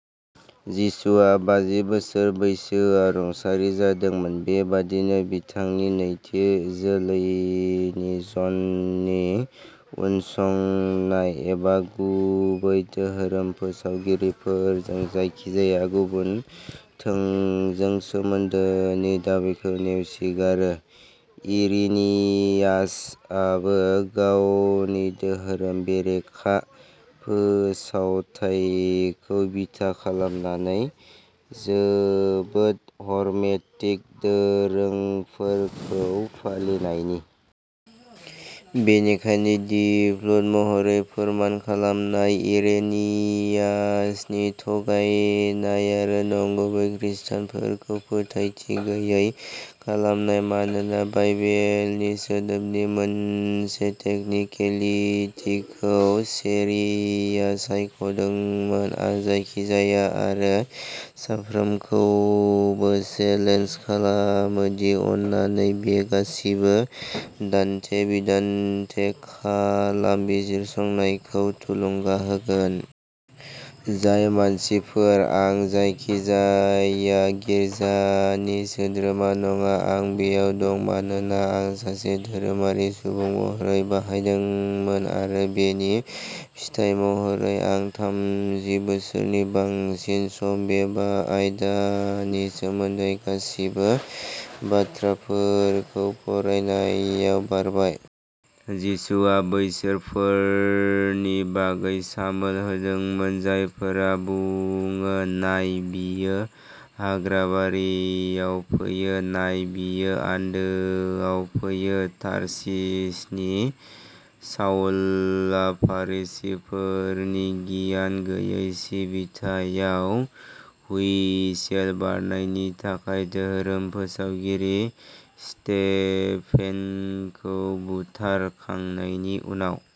जिशुआ बाजि बोसोर बैसोआव रुंसारि जादोंमोन। बेबादिनो बिथांनि नैथि जोलैनि ज'ननि उनसंनाय एबा गुबै धोरोम फोसावगिरिफोरजों जायखिजाया गुबुन थोंजों सोमोन्दोनि दाबिखौ नेवसिगारो। इरिनियासआबो गावनि धोरोम बेरेखा फोसावथायखौ बिथा खालामनानै जोबोद हारमेटिक दोरोंफोरखौ फालिनायनि बेनिखायनो, दिफल्ट महरै, फोरमान खालामनाय। इरेनियासनि थगायनाय आरो नंगुबै खृस्टानफोरखौ फोथायथि गैयै खालामनाय, मानोना बाइबेलनि सोदोबनि मोनसे टेकनिकेलितिखौ चेरीआ सायख'दोंमोन। आं जायखिजाया आरो साफ्रोमखौबो चेलेन्ज खालामो दि अन्नानै बे गासिबो दान्थे-बिदान्थे खालाम, बिजिरसंनायखौ थुलुंगा होगोन। जाय मानसिफोर, आं जायखिजाया गिर्जानि सोद्रोमा नङा। आं बेयाव दं मानोना आं सासे धोरोमारि सुबुं महरै बाहायदोंमोन आरो बेनि फिथाय महरै आं थामजि बोसोरनि बांसिन सम बे आयदानि सोमोन्दै गासिबो बाथ्राफोरखौ फरायनायाव बारबाय। जिसुआ बैसोरफोरनि बागै सामोल होदोंमोन जायफोरा बुङो, "नाय, बियो हाग्राबारियाव फैयो, नाय, बियो आन्दोआव फैयो", तारसिसनि साउलआ, फरिसीफोरनि गियान गैयै सिबिथायाव हुइसेल बारनायनि थाखाय धोरोम फोसावगिरि स्टेफेनखौ बुथारखांनायनि उनाव।